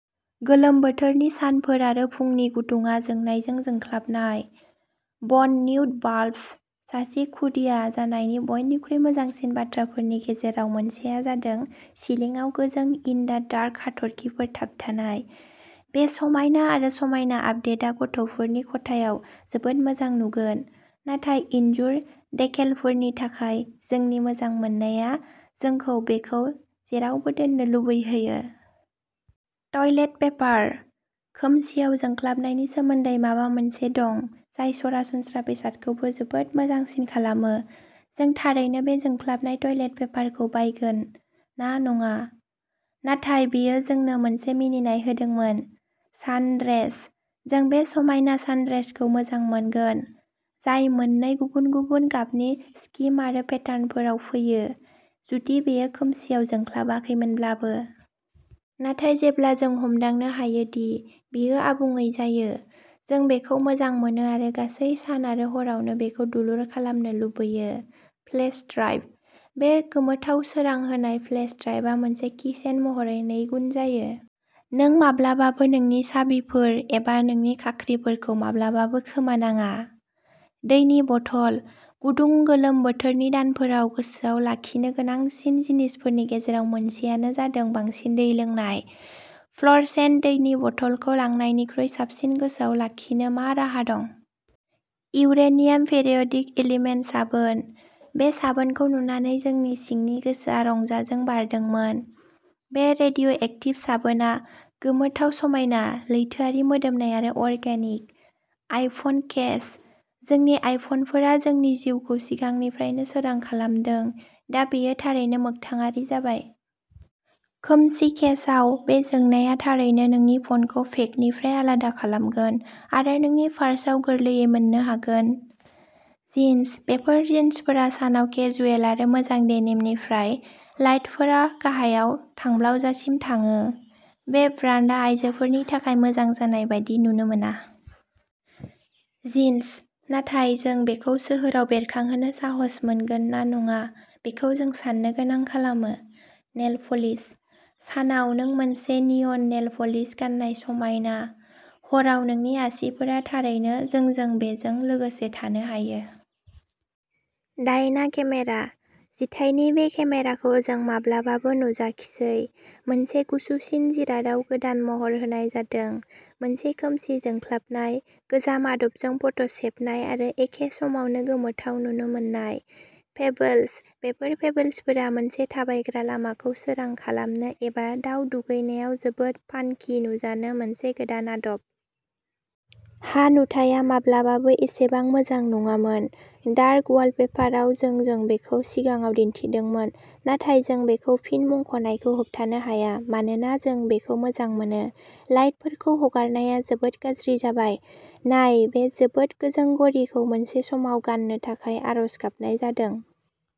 गोलोम बोथोरनि सानफोर आरो फुंनि गुदुङा जोंनायजों जोंख्लाबनाय...! बन निउट बाल्प: सासे खुदिया जानायनि बयनिख्रुइ मोजांसिन बाथ्राफोरनि गेजेराव मोनसेआ जादों सिलिंआव गोजों-इन-दा-डार्क हाथरखिफोर थाबथानाय। बे समायना आरो समायना आपडेटा गथ'फोरनि खथायाव जोबोद मोजां नुगोन, नाथाय इनजुर देकेलफोरनि थाखाय जोंनि मोजां मोननाया जोंखौ बेखौ जेरावबो दोननो लुबैहोयो। टयलेट पेपार: खोमसिआव जोंख्लाबनायनि सोमोन्दै माबा मोनसे दं जाय सरासनस्रा बेसादखौबो जोबोद मोजांसिन खालामो। जों थारैनो बे जोंख्लाबनाय टयलेट पेपारखौ बायगोन ना नङा, नाथाय बेयो जोंनो मोनसे मिनिनाय होदोंमोन। सानड्रेस: जों बे समायना सानड्रेसखौ मोजां मोनगोन, जाय मोननै गुबुन-गुबुन गाबनि स्किम आरो पेटार्नफोराव फैयो, जुदि बेयो खोमसिआव जोंख्लाबाखैमोनब्लाबो। नाथाय जेब्ला जों हमदांनो हायोदि बेयो आबुङै जायो, जों बेखौ मोजां मोनो आरो गासै सान आरो हरावनो बेखौ दुलुर खालामनो लुबैयो। फ्लेश ड्राइभ: बे गोमोथाव सोरां होनाय फ्लेश ड्राइभआ मोनसे कीचेन महरै नैगुन जायो... नों माब्लाबाबो नोंनि साबिफोर एबा नोंनि खाख्रिफोरखौ माब्लाबाबो खोमानाङा। दैनि बथल: गुदुं गोलोम बोथोरनि दानफोराव गोसोआव लाखिनो गोनांसिन जिनिसफोरनि गेजेराव मोनसेआनो जादों बांसिन दै लोंनाय। फ्ल'रसेन्ट दैनि बथलखौ लांनायनिख्रुइ साबसिन गोसोआव लाखिनो मा राहा दं? इउरेनियाम पेरियडिक एलिमेन्ट साबोन: बे साबोनखौ नुनानै जोंनि सिंनि गोसोआ रंजाजों बारदोंमोन। बे "रेडिय'एक्टिभ" साबोनआ गोमोथाव-समायना, लैथोआरि-मोदोमनाय आरो अर्गेनिक। आइफन केस: जोंनि आइफनफोरा जोंनि जिउखौ सिगांनिफ्रायनो सोरां खालामदों... दा बेयो थारैनो मोगथाङारि जाबाय। खोमसि केसआव बे जोंनाया थारैनो नोंनि फ'नखौ पेकनिफ्राय आलादा खालामगोन... आरो नोंनि पार्साव गोरलैयै मोन्नो हागोन! जिन्स: बेफोर जिन्सफोरा सानाव केजुएल आरो मोजां डेनिमनिफ्राय लाइटफोरा गाहायाव थांब्ला व'जासिम थाङो। बे ब्रान्डआ आयजोफोरनि थाखाय मोजां जानाय बायदि नुनो मोना। जिन्स, नाथाय जों बेखौ सोहोराव बेरखांहोनो साहस मोनगोन ना नङा बेखौ जों साननो गोनां खालामो। नेल पलिश: सानाव, नों मोनसे नियन नेल पलिश गान्नाय समायना; हराव, नोंनि आसिफोरा थारैनो जों जों बेजों लोगोसे थानो हायो! डायना केमेरा: जिथाइनि बे केमेराखौ जों माब्लाबाबो नुजाखिसै मोनसे गुसुसिन जिरादआव गोदान महर होनाय जादोंः मोनसे खोमसि जोंख्लाबनाय, गोजाम आदबजों फट'सेबनाय आरो एखे समावनो गोमोथाव नुनो मोननाय। पेबल्स: बेफोर पेबल्सफोरा मोनसे थाबायग्रा लामाखौ सोरां खालामनो एबा दाउ दुगैनायाव जोबोद फानकि नुजानो मोनसे गोदान आदब। हा नुथाया माब्लाबाबो एसेबां मोजां नङामोन। डार्क वालपेपाराव जों जों बेखौ सिगाङाव दिन्थिदोंमोन, नाथाय जों बेखौ फिन मुंख'नायखौ होबथानो हाया मानोना, जों बेखौ मोजां मोनो। लाइटफोरखौ हगारनाया जोबोद गाज्रि जाबाय। नाय: बे जोबोद गोजों घड़िखौ मोनसे समाव गाननो थाखाय आरज गाबनाय जादों।